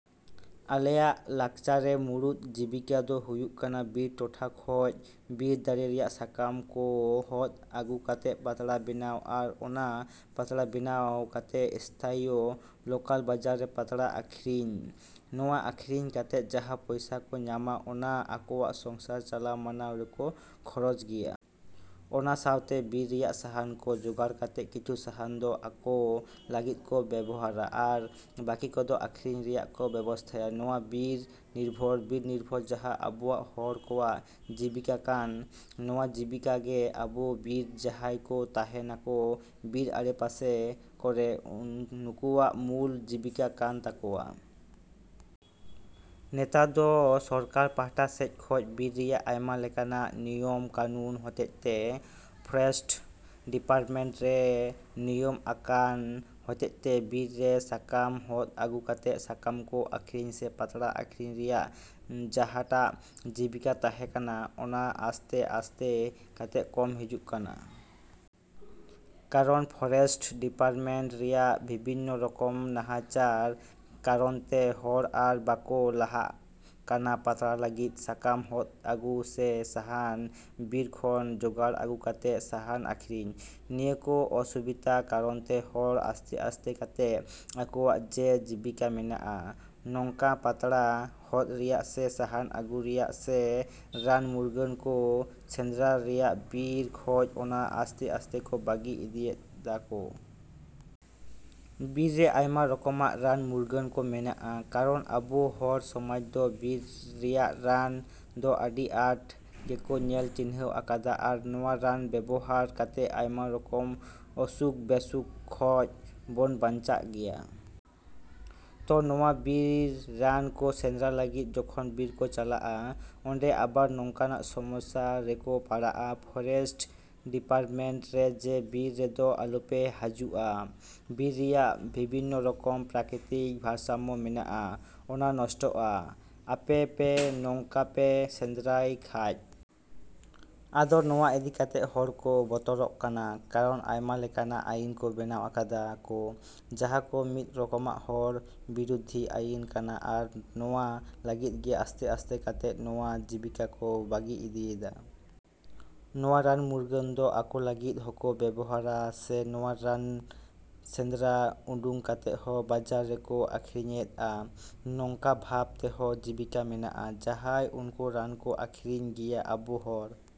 ᱟᱞᱮᱭᱟᱜ ᱞᱟᱠᱪᱟᱨᱮ ᱢᱩᱲᱩᱫ ᱡᱤᱵᱤᱠᱟ ᱫᱚ ᱦᱩᱭᱩᱜ ᱠᱟᱱᱟ ᱵᱤᱨ ᱴᱚᱴᱷᱟ ᱠᱷᱚᱡ ᱵᱤᱨ ᱫᱟᱨᱮ ᱨᱮᱭᱟᱜ ᱥᱟᱠᱟᱢ ᱠᱚ ᱦᱚᱫᱽ ᱟᱹᱜᱩ ᱠᱟᱛᱮ ᱯᱟᱛᱲᱟ ᱵᱮᱱᱟᱣ, ᱟᱨ ᱚᱱᱟ ᱯᱟᱛᱲᱟ ᱵᱮᱱᱟᱣ ᱠᱟᱛᱮ ᱤᱥᱛᱷᱟᱱᱤᱭᱳ ᱞᱳᱠᱟᱞ ᱵᱟᱡᱟᱨ ᱨᱮ ᱯᱟᱛᱲᱟ ᱟᱠᱷᱟᱨᱤᱧ᱾ ᱱᱚᱣᱟ ᱟᱠᱷᱟᱨᱤᱧ ᱠᱟᱛᱮ ᱡᱟᱦᱟᱸ ᱯᱚᱭᱥᱟ ᱠᱚ ᱧᱟᱢᱟ, ᱚᱱᱟ ᱟᱠᱚᱭᱟᱜ ᱥᱚᱝᱥᱟᱨ ᱪᱟᱞᱟᱣ ᱢᱟᱱᱟᱣ ᱨᱮᱠᱚ ᱠᱷᱚᱨᱚᱪ ᱜᱮᱭᱟ᱾ ᱚᱱᱟ ᱥᱟᱶᱛᱮ ᱵᱤᱨ ᱨᱮᱭᱟᱜ ᱥᱟᱦᱟᱱ ᱠᱚ ᱡᱚᱜᱟᱲ ᱠᱟᱛᱮ ᱠᱤᱪᱷᱩ ᱥᱟᱦᱟᱱ ᱫᱚ ᱟᱠᱚ ᱞᱟᱹᱜᱤᱫ ᱠᱚ ᱵᱮᱵᱚᱦᱟᱨᱟ ᱟᱨ ᱵᱟᱹᱠᱤ ᱠᱚᱫᱚ ᱟᱠᱷᱟᱨᱤᱧ ᱨᱮᱭᱟᱜ ᱠᱚ ᱵᱮᱵᱚᱥᱛᱷᱟᱭᱟ᱾ ᱱᱚᱣᱟ ᱵᱤᱨ ᱱᱤᱨᱵᱷᱚᱨ, ᱵᱤᱨ ᱱᱤᱨᱵᱷᱚᱨ ᱡᱟᱦᱟᱸ ᱟᱵᱚᱭᱟᱜ ᱦᱚᱲ ᱠᱚᱣᱟᱜ ᱡᱤᱵᱤᱠᱟ ᱠᱟᱱ, ᱱᱚᱣᱟ ᱡᱤᱵᱤᱠᱟ ᱜᱮ ᱟᱵᱚ ᱵᱤᱨ ᱡᱟᱦᱟᱭ ᱠᱚ ᱛᱟᱦᱮᱱᱟᱠᱚ ᱵᱤᱨ ᱟᱲᱮ ᱯᱟᱥᱮ ᱠᱚᱨᱮ, ᱱᱩᱠᱩᱭᱟᱜ ᱢᱩᱞ ᱡᱤᱵᱤᱠᱟ ᱠᱟᱱ ᱛᱟᱠᱚᱭᱟ᱾ ᱱᱮᱛᱟᱨ ᱫᱚ ᱥᱚᱨᱠᱟᱨ ᱯᱟᱦᱴᱟ ᱥᱮᱡ ᱠᱷᱚᱡ ᱵᱤᱨ ᱨᱮᱭᱟᱜ ᱟᱭᱢᱟ ᱞᱮᱠᱟᱱᱟᱜ ᱱᱤᱭᱚᱢ ᱠᱟᱹᱱᱩᱱ ᱦᱚᱛᱮᱫ ᱛᱮ, ᱯᱷᱚᱨᱮᱥᱴ ᱰᱤᱯᱟᱨᱴᱢᱮᱱᱴ ᱨᱮ ᱱᱤᱭᱚᱢ ᱟᱠᱟᱱ ᱦᱚᱛᱮᱫ ᱛᱮ, ᱵᱤᱨ ᱨᱮ ᱥᱟᱠᱟᱢ ᱦᱚᱫᱽ ᱟᱹᱜᱩ ᱠᱟᱛᱮ ᱥᱟᱠᱟᱢ ᱠᱚ ᱟᱠᱷᱨᱤᱧ ᱥᱮ ᱯᱟᱛᱲᱟ ᱟᱹᱠᱷᱨᱤᱧ ᱨᱮᱭᱟᱜ ᱡᱟᱦᱟᱴᱟᱜ ᱡᱤᱵᱤᱠᱟ ᱛᱟᱦᱮᱸ ᱠᱟᱱᱟ, ᱚᱱᱟ ᱟᱥᱛᱮ ᱟᱥᱛᱮ ᱠᱟᱛᱮ ᱠᱚᱢ ᱦᱤᱡᱩᱜ ᱠᱟᱱᱟ᱾ ᱠᱟᱨᱚᱱ ᱯᱷᱚᱨᱮᱥᱴ ᱰᱤᱯᱟᱨᱴᱢᱮᱱᱴ ᱨᱮᱭᱟᱜ ᱵᱤᱵᱷᱤᱱᱱᱚ ᱨᱚᱠᱚᱢ ᱱᱟᱦᱟᱪᱟᱨ ᱠᱟᱨᱚᱱ ᱛᱮ ᱦᱚᱲ ᱟᱨ ᱵᱟᱠᱚ ᱞᱟᱦᱟᱜ ᱠᱟᱱᱟ ᱯᱟᱛᱲᱟ ᱞᱟᱹᱜᱤᱫ ᱥᱟᱠᱟᱢ ᱦᱚᱫᱽ ᱟᱹᱜᱩ ᱥᱮ ᱥᱟᱦᱟᱱ ᱵᱤᱨ ᱠᱷᱚᱱ ᱡᱚᱜᱟᱲ ᱟᱹᱜᱩ ᱠᱟᱛᱮ ᱥᱟᱦᱟᱱ ᱟᱹᱠᱷᱨᱤᱧ᱾ ᱱᱤᱭᱟᱹ ᱠᱚ ᱚᱥᱩᱵᱤᱫᱟ ᱠᱟᱨᱚᱱ ᱛᱮ ᱦᱚᱲ ᱟᱥᱛᱮ ᱟᱥᱛᱮ ᱠᱟᱛᱮ ᱟᱠᱚᱣᱟᱜ ᱡᱮ ᱡᱤᱵᱤᱠᱟ ᱢᱮᱱᱟᱜᱼᱟ ᱱᱚᱠᱟᱱ ᱯᱟᱛᱲᱟ ᱦᱚᱫᱽ ᱨᱮᱭᱟᱜ ᱥᱮ ᱥᱟᱦᱟᱱ ᱟᱹᱜᱩ ᱨᱮᱭᱟᱜ ᱥᱮ ᱨᱟᱱ ᱢᱩᱨᱜᱟᱹᱱ ᱠᱚ ᱥᱮᱸᱫᱽᱨᱟ ᱨᱮᱭᱟᱜ ᱵᱤᱨ ᱠᱷᱚᱡ, ᱚᱱᱟ ᱟᱥᱛᱮ ᱟᱥᱛᱮ ᱠᱚ ᱵᱟᱹᱜᱤ ᱤᱫᱤᱭᱮᱫᱟ ᱠᱚ᱾ ᱵᱤᱨ ᱨᱮ ᱟᱭᱢᱟ ᱨᱚᱠᱚᱢᱟᱜ ᱨᱟᱱ ᱢᱩᱨᱜᱟᱹᱱ ᱠᱚ ᱢᱮᱱᱟᱜᱼᱟ, ᱠᱟᱨᱚᱱ ᱟᱵᱚ ᱦᱚᱲ ᱥᱚᱢᱟᱡᱽ ᱫᱚ ᱵᱤᱨ ᱨᱮᱭᱟᱜ ᱨᱟᱱ ᱫᱚ ᱟᱹᱰᱤ ᱟᱸᱴ ᱜᱮᱠᱚ ᱧᱮᱞ ᱪᱤᱱᱦᱟᱹᱣ ᱟᱠᱟᱫᱟ ᱟᱨ ᱱᱚᱣᱟ ᱨᱟᱱ ᱵᱮᱵᱚᱦᱟᱨ ᱠᱟᱛᱮ ᱟᱭᱢᱟ ᱨᱚᱠᱚᱢ ᱚᱥᱩᱠ ᱵᱮᱥᱩᱠ ᱠᱷᱚᱡ ᱵᱚᱱ ᱵᱟᱧᱪᱟᱜ ᱜᱮᱭᱟ᱾ ᱛᱚ ᱱᱚᱣᱟ ᱵᱤᱨ ᱨᱟᱱ ᱠᱚ ᱥᱮᱸᱫᱽᱨᱟ ᱞᱟᱹᱜᱤᱫ ᱡᱚᱠᱷᱚᱱ ᱵᱤᱨ ᱠᱚ ᱪᱟᱞᱟᱜᱼᱟ, ᱚᱸᱰᱮ ᱟᱵᱟᱨ ᱱᱚᱠᱟᱱᱟᱜ ᱥᱚᱢᱚᱥᱟ ᱨᱮᱠᱚ ᱯᱟᱲᱟᱜᱼᱟ ᱯᱷᱚᱨᱮᱥᱴ ᱰᱤᱯᱟᱨᱴᱢᱮᱱᱴ ᱨᱮ ᱡᱮ ᱵᱤᱨ ᱨᱮᱫᱚ ᱟᱞᱚ ᱯᱮ ᱦᱟᱹᱡᱩᱜᱼᱟ, ᱵᱤᱨ ᱨᱮᱭᱟᱜ ᱵᱤᱵᱷᱤᱱᱚ ᱨᱚᱠᱚᱢ ᱯᱨᱟᱠᱤᱛᱤᱠ ᱵᱷᱟᱨᱥᱟᱢᱢᱚ ᱢᱮᱱᱟᱜᱼᱟ, ᱚᱱᱟ ᱱᱚᱥᱴᱚᱜᱼᱟ ᱟᱯᱮ ᱯᱮ ᱱᱚᱝᱠᱟ ᱯᱮ ᱥᱮᱸᱫᱽᱨᱟᱭ ᱠᱷᱟᱡ᱾ ᱟᱫᱚ ᱱᱚᱣᱟ ᱤᱫᱤ ᱠᱟᱛᱮ ᱦᱚᱲ ᱠᱚ ᱵᱚᱛᱚᱨᱚᱜ ᱠᱟᱱᱟ, ᱠᱟᱨᱚᱱ ᱟᱭᱢᱟ ᱞᱮᱠᱟᱱᱟᱜ ᱟᱭᱤᱱ ᱠᱚ ᱵᱮᱱᱟᱣ ᱟᱠᱟᱫᱟ ᱠᱚ ᱡᱟᱦᱟᱸ ᱠᱚ ᱢᱤᱫ ᱨᱚᱠᱚᱢᱟᱜ ᱦᱚᱲ ᱵᱤᱨᱚᱫᱷᱤ ᱟᱭᱤᱱ ᱠᱟᱱᱟ ᱟᱨ ᱱᱚᱣᱟ ᱞᱟᱹᱜᱤᱫ ᱜᱮ ᱟᱥᱛᱮ ᱟᱥᱛᱮ ᱠᱟᱛᱮ ᱱᱚᱣᱟ ᱡᱤᱵᱤᱠᱟ ᱠᱚ ᱵᱟᱹᱜᱤ ᱤᱫᱤᱭᱮᱫᱟ᱾ ᱱᱚᱣᱟ ᱨᱟᱱ ᱢᱩᱨᱜᱟᱹᱱ ᱫᱚ ᱟᱠᱚ ᱞᱟᱹᱜᱤᱫ ᱦᱚᱸᱠᱚ ᱵᱮᱵᱚᱦᱟᱨᱟ ᱥᱮ ᱱᱚᱣᱟ ᱨᱟᱱ ᱥᱮᱸᱫᱽᱨᱟ ᱩᱰᱩᱝ ᱠᱟᱛᱮ ᱦᱚᱸ ᱵᱟᱡᱟᱨ ᱨᱮᱠᱚ ᱟᱠᱷᱨᱤᱧᱮᱜᱼᱟ, ᱱᱚᱝᱠᱟ ᱵᱷᱟᱵ ᱛᱮᱦᱚᱸ ᱡᱤᱵᱤᱠᱟ ᱢᱮᱱᱟᱜᱼᱟ ᱡᱟᱦᱟᱸᱭ ᱩᱱᱠᱩ ᱨᱟᱱ ᱠᱚ ᱟᱠᱷᱨᱤᱧ ᱜᱮᱭᱟ ᱟᱵᱚ ᱦᱚᱲ।